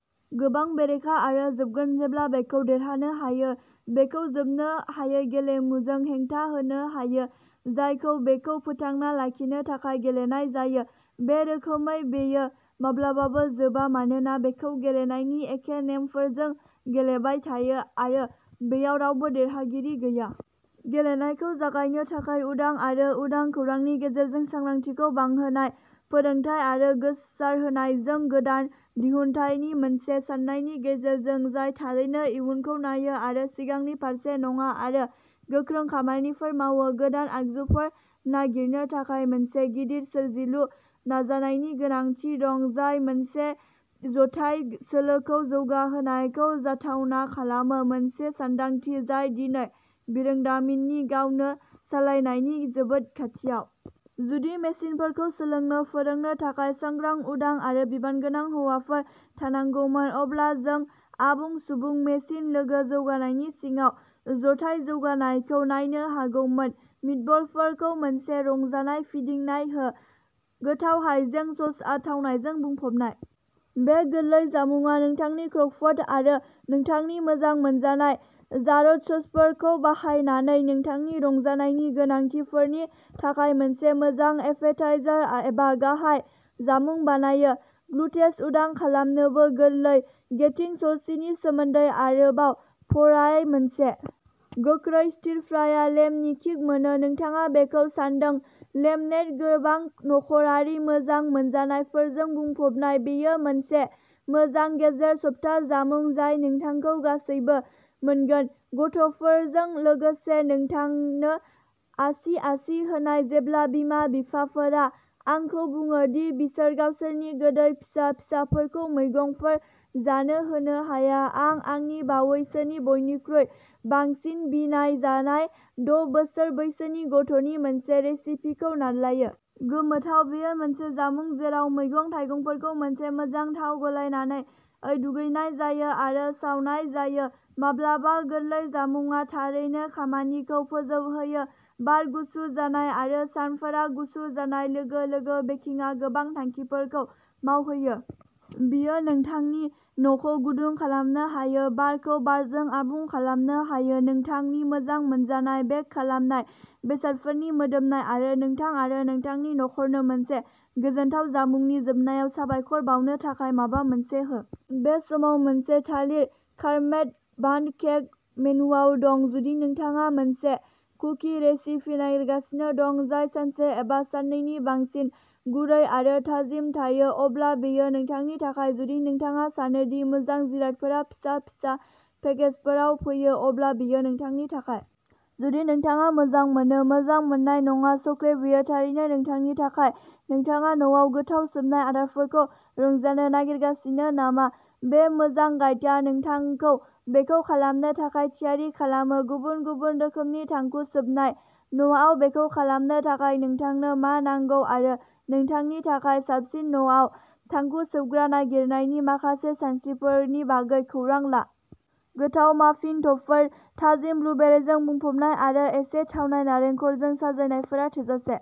गोबां बेरेखा आरो जोबगोन जेब्ला बेखौ देरहानो हायो बेखौ जोबनो हायै गेलेमुजों हेंथा होनो हायो, जायखौ बेखौ फोथांना लाखिनो थाखाय गेलेनाय जायो। बे रोखोमै बेयो माब्लाबाबो जोबा, मानोना बेखौ गेलेनायनि एखे नेमफोरजों गेलेबाय थायो आरो बेयाव रावबो देरहागिरि गैया। गेलेनायखौ जागायनो थाखाय, उदां आरो उदां खौरांनि गेजेरजों सांग्रांथिखौ बांहोनाय, फोरोंथाय आरो गोसारहोनायजों, गोदान दिहुनथायनि मोनसे साननायनि गेजेरजों जाय थारैनो इयुनखौ नायो आरो सिगांनि फारसे नङा आरो गोख्रों खामानिफोर मावो। गोदान आगजुफोर नागिरनो थाखाय मोनसे गिदिर सोरजिलु नाजानायनि गोनांथि दं, जाय मोनसे जथाय सोलोखौ जौगाहोनायखौ जाथावना खालामो, मोनसे सानदांथि जाय दिनै बिरोंदामिननि गावनो सालायनायनि जोबोद खाथियाव। जुदि मेसिनफोरखौ सोलोंनो फोरोंनो थाखाय सांग्रां, उदां आरो बिबानगोनां हौवाफोर थानांगौमोन, अब्ला जों आबुं सुबुं मेसिन लोगो जौगानायनि सिङाव जथाय जौगानायखौ नायनो हागोन। मिटबलफोरखौ मोनसे रंजानाय फिदिंनाय हो। गोथाव हाइजें ससआ थावनायजों बुंफबनाय। बे गोरलै जामुंआ नोंथांनि क्रकपट आरो नोंथांनि मोजां मोनजानाय जारद ससफोरखौ बाहायनानै नोंथांनि रंजानायनि गोनांथिफोरनि थाखाय मोनसे मोजां एपेटाइजार एबा गाहाय जामुं बानायो। ग्लुटेन उदां खालामनोबो गोरलै गेटिं स'सीनि सोमोन्दै आरोबाव फराय मोनसे गोख्रै स्टिर फ्रायआ लेमनि किक मोनो, नोंथाङा बेखौ सान्दों लेमनेड गोबां नखरारि मोजां मोनजानायफोरजों बुंफबनाय, बेयो मोनसे मोजां गेजेर सप्ता जामुं जाय नोंथांनो गासैबो मोनगोन, गथ'फोरजों लोगोसे, नोंथांनो आसि-आसि होगोन जेब्ला बिमा-बिफाफोरा आंखौ बुङो दि बिसोर गावसोरनि गोदै फिसा फिसाफोरखौ मैगंफोर जानो होनो हाया, आं आंनि बावैसोनि बयनिख्रुइ बांसिन बिनायजानाय द' बोसोर बैसोनि गथ'नि मोनसे रेसिपिखौ रानलायो। गोमोथाव बेयो मोनसे जामुं जेराव मैगं-थाइगंफोरखौ मोनसे मोजां थाव गलायनानै दुगैनाय जायो आरो सावनाय जायो। माब्लाबा गोरलै जामुंआ थारैनो खामानिखौ फोजोबहोयो। बार गुसु जानाय आरो सानफोरा गुसुं जानाय लोगो-लोगो, बेकिंआ गोबां थांखिफोरखौ मावहोयो। बेयो नोंथांनि न'खौ गुदुं खालामनो हायो, बारखौ बारजों आबुं खालामनो हायो। नोंथांनि मोजां मोनजानाय बेक खालामनाय बेसादफोरनि मोदोमनाय आरो नोंथां आरो नोंथांनि नख'रनो मोनसे गोजोनथाव जामुंनि जोबनायाव साबायखर बावनो थाखाय माबा मोनसे हो। बे समाव, मोनसे थालिर कारमेल बान्ड केक मेनुवाव दं। जुदि नोंथाङा मोनसे कुकि रेसिपि नागिरगासिनो दं जाय सानसे एबा साननैनि बांसिन गुरै आरो थाजिम थायो, अब्ला बेयो नोंथांनि थाखाय। जुदि नोंथाङा सानो दि मोजां जिरादफोरा फिसा-फिसा पेकेजफोराव फैयो, अब्ला बेयो नोंथांनि थाखाय। जुदि नोंथाङा मोजां मोनो, मोजां मोननाय नङा, चकलेट बेयो थारैनो नोंथांनि थाखाय नोंथाङा न'आव गोथाव सोबनाय आदारफोरखौ रंजानो नागिरगासिनो नामा? बे मोजां गाइदा नोंथांखौ बेखौ खालामनो थाखाय थियारि खालामो। गुबुन-गुबुन रोखोमनि थांखु सोबनाय, न'आव बेखौ खालामनो थाखाय नोंथांनो मा नांगौ आरो नोंथांनि थाखाय साबसिन न'आव थांखु सोबग्रा नागिरनायनि माखासे सानस्रिफोरनि बागै खौरां ला। गोथाव माफिन टपफोर, थाजिम ब्लुबेरिजों बुंफबनाय आरो एसे थावनाय नालेंखरजों साजायनायफोरा थोजासे।